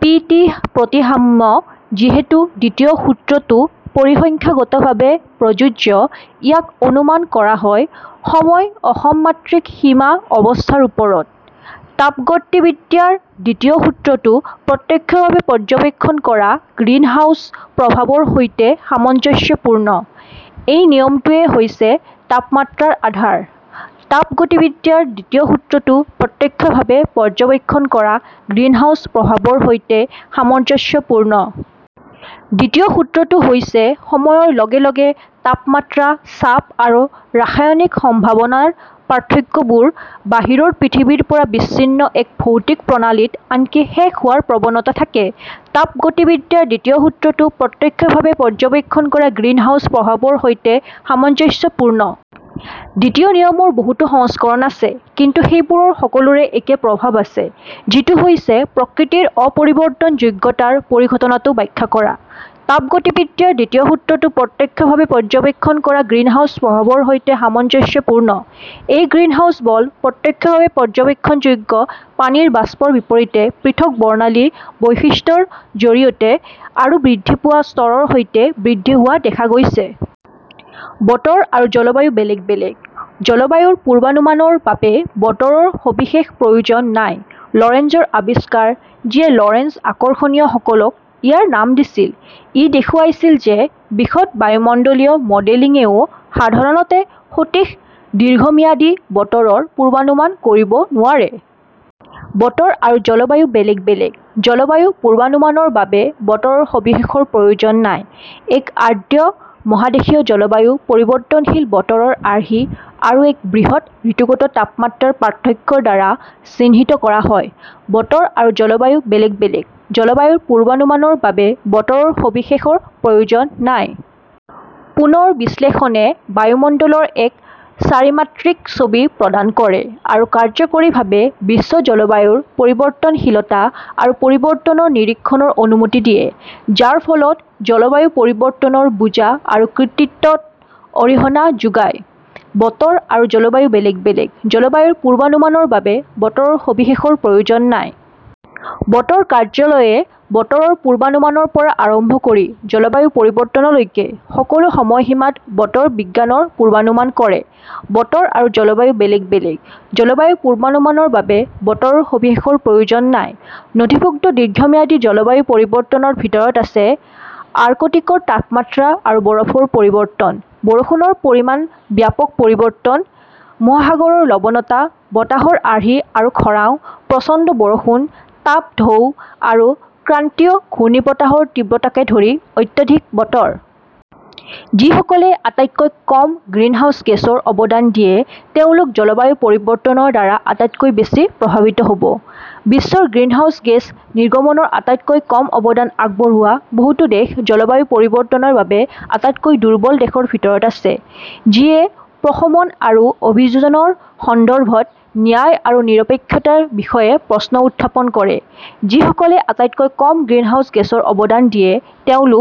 P. T. প্ৰতিসাম্য, যিহেতু দ্বিতীয় সূত্ৰটো পৰিসংখ্যাগতভাৱে প্ৰযোজ্য, ইয়াক অনুমান কৰা হয়, সময়-অসমমাত্ৰিক সীমা অৱস্থাৰ ওপৰত। তাপগতিবিদ্যাৰ দ্বিতীয় সূত্ৰটো প্ৰত্যক্ষভাৱে পৰ্যবেক্ষণ কৰা গ্ৰীণহাউছ প্ৰভাৱৰ সৈতে সামঞ্জস্যপূৰ্ণ। এই নিয়মটোৱেই হৈছে তাপমাত্ৰাৰ আধাৰ। তাপগতিবিদ্যাৰ দ্বিতীয় সূত্ৰটো প্ৰত্যক্ষভাৱে পৰ্যবেক্ষণ কৰা গ্ৰীণহাউছ প্ৰভাৱৰ সৈতে সামঞ্জস্যপূৰ্ণ। দ্বিতীয় সূত্ৰটো হৈছে সময়ৰ লগে লগে তাপমাত্ৰা, চাপ আৰু ৰাসায়নিক সম্ভাৱনাৰ পাৰ্থক্যবোৰ বাহিৰৰ পৃথিৱীৰ পৰা বিচ্ছিন্ন এক ভৌতিক প্ৰণালীত আনকি শেষ হোৱাৰ প্ৰৱণতা থাকে। তাপগতিবিদ্যাৰ দ্বিতীয় সূত্ৰটো প্ৰত্যক্ষভাৱে পৰ্যবেক্ষণ কৰা গ্ৰীণহাউছ প্ৰভাৱৰ সৈতে সামঞ্জস্যপূৰ্ণ। দ্বিতীয় নিয়মৰ বহুতো সংস্কৰণ আছে, কিন্তু সেইবোৰৰ সকলোৰে একে প্ৰভাৱ আছে, যিটো হৈছে প্ৰকৃতিৰ অপৰিৱৰ্তনযোগ্যতাৰ পৰিঘটনাটো ব্যাখ্যা কৰা। তাপগতিবিদ্যাৰ দ্বিতীয় সূত্ৰটো প্ৰত্যক্ষভাৱে পৰ্যবেক্ষণ কৰা গ্ৰীণহাউছ প্ৰভাৱৰ সৈতে সামঞ্জস্যপূৰ্ণ। এই গ্ৰীণহাউছ বল প্ৰত্যক্ষভাৱে পৰ্যবেক্ষণযোগ্য, পানীৰ বাষ্পৰ বিপৰীতে পৃথক বৰ্ণালী বৈশিষ্ট্যৰ জৰিয়তে, আৰু বৃদ্ধি পোৱা স্তৰৰ সৈতে বৃদ্ধি হোৱা দেখা গৈছে। বতৰ আৰু জলবায়ু বেলেগ বেলেগ; জলবায়ুৰ পূৰ্বানুমানৰ বাবে বতৰৰ সবিশেষৰ প্ৰয়োজন নাই। লৰেঞ্জৰ আৱিষ্কাৰ, যিয়ে লৰেঞ্জ আকৰ্ষণীয়সকলক ইয়াৰ নাম দিছিল, ই দেখুৱাইছিল যে বিশদ বায়ুমণ্ডলীয় মডেলিংয়েও সাধাৰণতে সঠিক দীৰ্ঘম্যাদী বতৰৰ পূৰ্বানুমান কৰিব নোৱাৰে। বতৰ আৰু জলবায়ু বেলেগ বেলেগ; জলবায়ুৰ পূৰ্বানুমানৰ বাবে বতৰৰ সবিশেষৰ প্ৰয়োজন নাই। এক আৰ্দ্ৰ মহাদেশীয় জলবায়ু পৰিৱৰ্তনশীল বতৰৰ আৰ্হি আৰু এক বৃহৎ ঋতুগত তাপমাত্ৰাৰ পাৰ্থক্যৰ দ্বাৰা চিহ্নিত কৰা হয়। বতৰ আৰু জলবায়ু বেলেগ বেলেগ; জলবায়ুৰ পূৰ্বানুমানৰ বাবে বতৰৰ সবিশেষৰ প্ৰয়োজন নাই। পুনৰ বিশ্লেষণে বায়ুমণ্ডলৰ এক চাৰিমাত্ৰিক ছবি প্ৰদান কৰে আৰু কাৰ্যকৰীভাৱে বিশ্ব জলবায়ুৰ পৰিৱৰ্তনশীলতা আৰু পৰিৱৰ্তনৰ নিৰীক্ষণৰ অনুমতি দিয়ে, যাৰ ফলত জলবায়ু পৰিৱৰ্তনৰ বুজা আৰু কৃতিত্বত অৰিহণা যোগায়। বতৰ আৰু জলবায়ু বেলেগ বেলেগ; জলবায়ুৰ পূৰ্বানুমানৰ বাবে বতৰৰ সবিশেষৰ প্ৰয়োজন নাই। বতৰ কাৰ্যালয়ে বতৰৰ পূৰ্বানুমানৰ পৰা আৰম্ভ কৰি জলবায়ু পৰিৱৰ্তনলৈকে সকলো সময়সীমাত বতৰ বিজ্ঞানৰ পূৰ্বানুমান কৰে। বতৰ আৰু জলবায়ু বেলেগ বেলেগ; জলবায়ুৰ পূৰ্বানুমানৰ বাবে বতৰৰ সবিশেষৰ প্ৰয়োজন নাই। নথিভুক্ত দীৰ্ঘম্যাদী জলবায়ু পৰিৱৰ্তনৰ ভিতৰত আছে আৰ্কটিকৰ তাপমাত্ৰা আৰু বৰফৰ পৰিৱৰ্তন, বৰষুণৰ পৰিমাণত ব্যাপক পৰিৱৰ্তন, মহাসাগৰৰ লৱণতা, বতাহৰ আৰ্হি আৰু খৰাং, প্ৰচণ্ড বৰষুণ, তাপ ঢৌ আৰু ক্ৰান্তীয় ঘূৰ্ণীবতাহৰ তীব্ৰতাকে ধৰি অত্যাধিক বতৰ। যিসকলে আটাইতকৈ কম গ্ৰিনহাউস গেছৰ অৱদান দিয়ে তেওঁলোক জলবায়ু পৰিৱৰ্তনৰ দ্বাৰা আটাইতকৈ বেছি প্ৰভাৱিত হ 'ব। বিশ্বৰ গ্ৰিনহাউস গেছ নিৰ্গমনত আটাইতকৈ কম অৱদান আগবঢ়োৱা বহুতো দেশ জলবায়ু পৰিৱৰ্তনৰ বাবে আটাইতকৈ দুৰ্বল দেশৰ ভিতৰত আছে, যিয়ে প্ৰশমন আৰু অভিযোজনৰ সন্দৰ্ভত ন্যায় আৰু নিৰপেক্ষতাৰ বিষয়ে প্ৰশ্ন উত্থাপন কৰে। যিসকলে আটাইতকৈ কম গ্ৰিনহাউস গেছৰ অৱদান দিয়ে তেওঁলোক